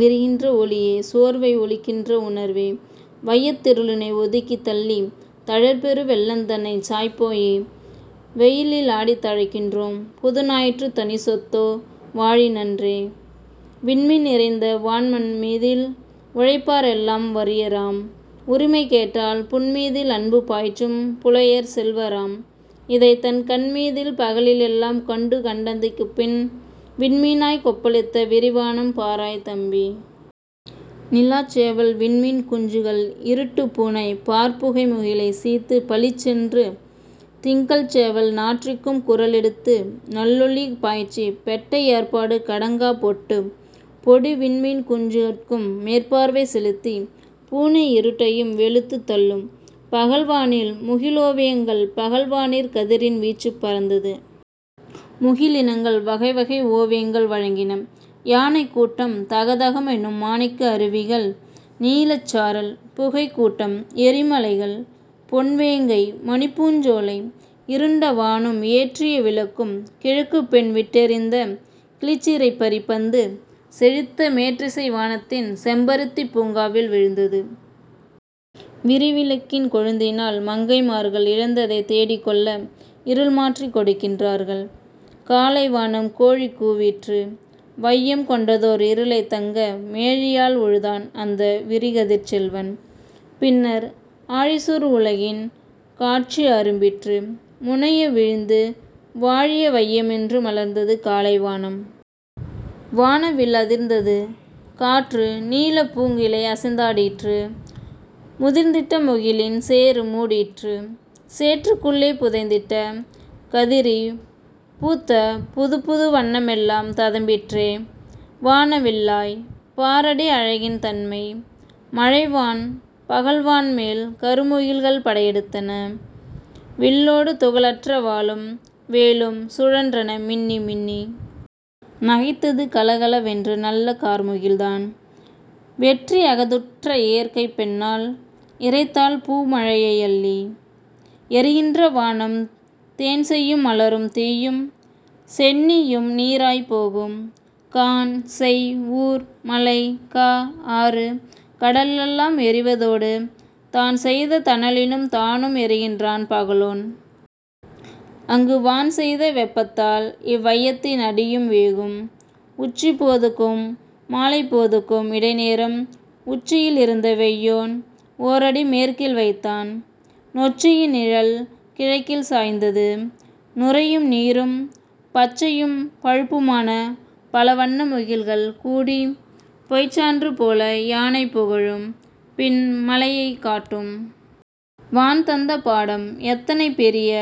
விரிகின்ற ஒளியே, சோர்வை ஒளிக்கின்ற உணர்வே, வையத் திருளினை ஒதுக்கித் தள்ளித் தழற் பெரு வெள்ளந் தன்னைச் சாய்ப் போயே, வெயிலில் ஆடித் தழைக்கின்றோம் புதுஞா யிற்றுத் தனிச்சொத்தோ வாழி நன்றே. விண்மீன் நிறைந்த வான் மண்மீதில் உழைப்பா ரெல்லாம் வறியராம்! உரிமை கேட்டால் புண்மீதில் அம்பு பாய்ச்சும் புலையர்செல் வராம்; இதைத் தன் கண்மீதில் பகலி லெல்லாம் கண்டுகண் டந்திக் குப்பின் விண்மீனாய்க் கொப்ப ளித்த விரிவானம் பாராய் தம்பி! நிலாச்சேவல், விண்மீன் குஞ்சுகள், இருட்டுப்பூனை பாற்புகை முகிலைச் சீய்த்துப் பளிச்சென்று "திங்கட் சேவல்" நாற்றிக்கும் குரல் எடுத்து நல்லொளி பாய்ச்சிப் பெட்டை ஏற்பாட்டுக் கடங்காப் பொட்டுப் பொடிவிண்மீன் குஞ்சு கட்கும் மேற்பார்வை செலுத்திப் "பூனை இருட்டையும்" வெளுத்துத் தள்ளும். பகல் வானில் முகிலோவியங்கள் பகல்வானிற் கதிரின் வீச்சுப் பரந்தது! முகிலி னங்கள் வகைவகை ஓவி யங்கள் வழங்கின; யானைக் கூட்டம்! தகதக எனும்மா ணிக்க அருவிகள்! நீலச் சாரல்! புகைக்கூட்டம்! எரிம லைகள்! பொன் வேங்கை! மணிப்பூஞ்சோலை! இருண்ட வானும் ஏற்றிய விளக்கும் கிழக்குப்பெண் விட்டெ றிந்த கிளிச்சிறைப் பரிதிப் பந்து, செழித்தமேற் றிசைவா னத்தின் செம்பருத் திப்பூங் காவில் விழுந்தது! விரிவிளக்கின் கொழுந்தினால் மங்கை மார்கள் இழந்ததைத் தேடிக் கொள்ள இருள்மாற்றிக் கொடுக்கின் றார்கள்! காலை வானம் கோழிகூ விற்று! வையம், கொண்டதோர் இருளைத் தங்க மேழியால் உழுதான் அந்த விரிகதிர்ச் செல்வன்; பின்னர் ஆழிசூழ் உலகின் காட்சி அரும்பிற்று! முனைய விழ்ந்து வாழிய வைய மென்று மலர்ந்தது காலை வானம்! வானவில் அதிர்ந்தது காற்று! நீளப் பூங்கிளை அசைந்தா டிற்று! முதிர்ந்திட்ட முகிலின் சேறு மூடிற்றுச்! சேற்றுக் குள்ளே புதைந்திட்ட கதிரிற் பூத்த புதுப்புது வண்ண மெல்லாம் ததம்பிற்றே வான வில்லாய்ப்! பாரடி அழகின் தன்மை! மழை வான் பகல்வான்மேல் கருமு கில்கள் படையெடுத் தன! வில்லோடு துகளற்ற வாளும், வேலும் சுழன்றன மின்னி மின்னி! நகைத்தது கலகல வென்று நல்ல கார்முகில்தான்! வெற்றி அகத்துற்ற இயற்கைப் பெண்ணாள் இறைத்தாள்பூ மழையை அள்ளி! எரிகின்ற வானம் தேன்செய்யும் மலரும் தீயும்! செந்தீயும் நீறாய்ப் போகும்! கான், செய், ஊர், மலை, கா, ஆறு கடலெல்லாம் எரிவ தோடு தான்செய்த தணலில் தானும் எரிகின்றான் பகலோன்! அங்கு வான்செய்த வெப்பத் தால்இவ் வையத்தின் அடியும் வேகும்! உச்சிப் போதுக்கும் மாலப் போதுக்கும் இடை நேரம் உச்சியில் இருந்த வெய்யோன், ஓரடி மேற்கில் வைத்தான், நொச்சியின் நிழல்கி ழக்கில் சாய்ந்தது! நுரையும், நீரும், பச்சையும், பழுப்பு மான பலவண்ண முகில்கள் கூடிப் பொய்ச்சான்று போல, யானை புகழும்; பின் மலையைக் காட்டும். வான் தந்த பாடம் எத்தனை பெரிய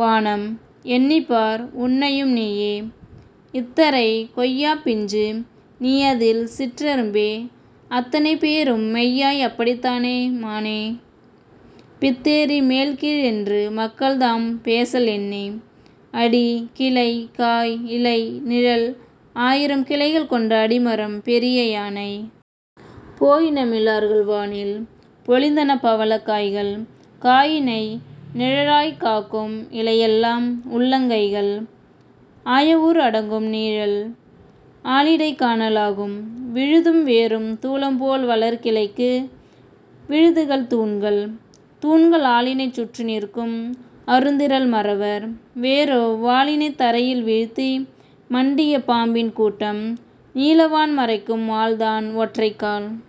வானம்! எண்ணிப்பார் உனையும் நீயே; இத்தரை, கொய்யாப் பிஞ்சு; நீஅதில் சிற்றெ றும்பே அத்தனை பேரும் மெய்யாய் அப்படித் தானே மானே? பித்தேறி மேல்கீழ் என்று மக்கள்தாம் பேசல் என்னே! அடி, கிளை, காய், இலை, நிழல் ஆயிரம் கிளைகள் கொண்ட அடிமரம் பெரிய யானை! போயின மிலார்கள் வானில்! பொலிந்தன பவளக் காய்கள்! காயினை நிழலாற் காக்கும் இலையெலாம், உள்ளங் கைகள்! ஆயஊர் அடங்கும் நீழல், ஆலிடைக் காண லாகும்! விழுதும் வேரும் தூலம்போல் வளர்கி ளைக்கு விழுதுகள் தூண்கள்! தூண்கள் ஆலினைச் சுற்றி நிற்கும் அருந்திறல் மறவர்! வேரோ வாலினைத் தரையில் வீழ்த்தி மண்டிய பாம்பின் கூட்டம்! நீலவான் மறைக்கும் ஆல்தான் ஒற்றைக்கால்